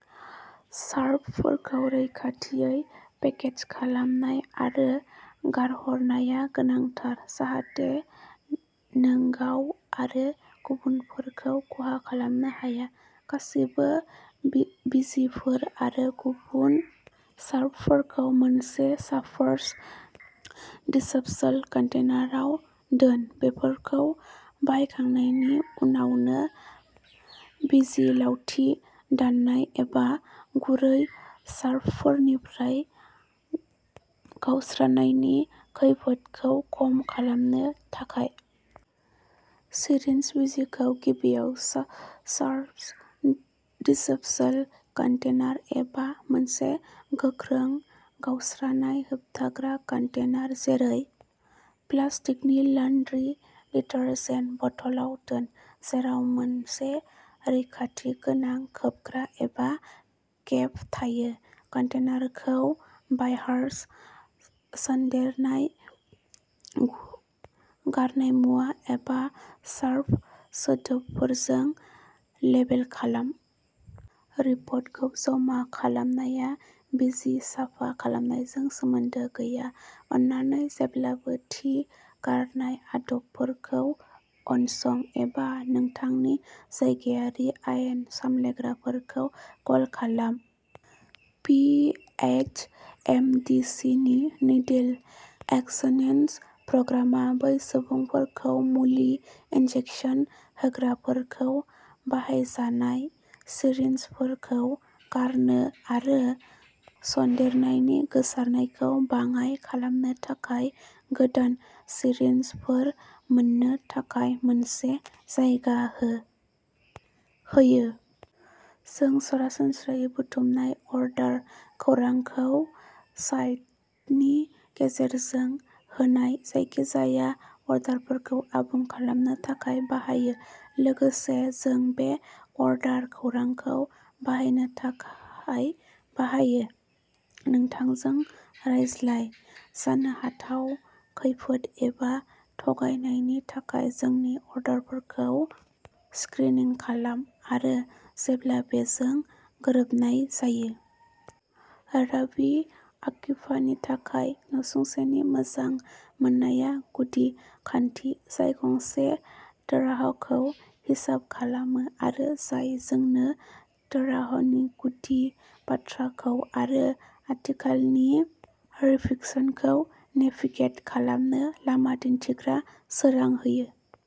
शार्पफोरखौ रैखाथियै पेकेज खालामनाय आरो गारहरनाया गोनांथार जाहाथे नोंगाव आरो गुबुनफोरखौ खहा खालामनो हाया। गासिबो बिजिफोर आरो गुबुन शार्पफोरखौ मोनसे शार्प्स दिस्प'सल कन्टेनाराव दोन, बेफोरखौ बाहायखांनायनि उनावनो बिजि-लावथि, दाननाय, एबा गुरै शार्पफोरनिफ्राय गावस्रानायनि खैफोदखौ खम खालामनो थाखाय। सिरिन्ज, बिजिखौ गिबियाव शार्प्स शार्प्स दिस्प'सल कन्टेनार एबा मोनसे गोख्रों, गावस्रानाय-होबथाग्रा कन्टेनार जेरै प्लास्टिकनि लान्ड्रि डिटारजेन्ट बथलआव दोन, जेराव मोनसे रैखाथि गोनां खोबग्रा एबा केप थायो। कन्टेनारखौ "बाय'हजार्ड", "सन्देरनाय गारनाय मुवा", एबा "शार्प" सोदोबफोरजों लेबेल खालाम। रिपर्टखौ जमा खालामनाया बिजि साफा खालामनायजों सोमोन्दो गैया। अन्नानै जेब्लाबो थि गारनाय आदबफोरखौ उनसं। एबा नोंथांनि जायगायारि आयेन सामलायग्राफोरखौ कल खालाम। P. H. M. D. C. नि नीडिल एकसचेन्ज प्रग्रामआ बै सुबुंफोरखौ मुलि इनजेकसन होग्राफोरखौ बाहायजानाय सिरिन्जफोरखौ गारनो आरो सन्देरनायनि गोसारनायखौ बाङाइ खालामनो थाखाय गोदान सिरिन्जफोर मोन्नो थाखाय मोनसे जायगा होयो। जों सरासनस्रायै बुथुमनाय अर्डार खौरांखौ साइटनि गेजेरजों होनाय जायखिजाया अर्डारफोरखौ आबुं खालामनो थाखाय बाहायो। लोगोसे, जों बे अर्डार खौरांखौ बाहायनो थाखाय बाहायोः नोंथांजों रायज्लाय; जानो हाथाव खैफोद एबा थगायनायनि थाखाय जोंनि अर्डारफोरखौ स्क्रिनिं खालाम; आरो जेब्ला बेजों गोरोबनाय जायो। राब्बी आकिभानि थाखाय नसुंसेनि मोजां मोननाया गुदि खान्थि जाय गंसे तोराहखौ हिसाब खालामो आरो जाय जोंनो तोराहनि गुदि बाथ्राफोरखौ आरो आथिखालनि रिफिक्सनखौ नेभिगेट खालामनो लामा दिन्थिग्रा सोरां होयो।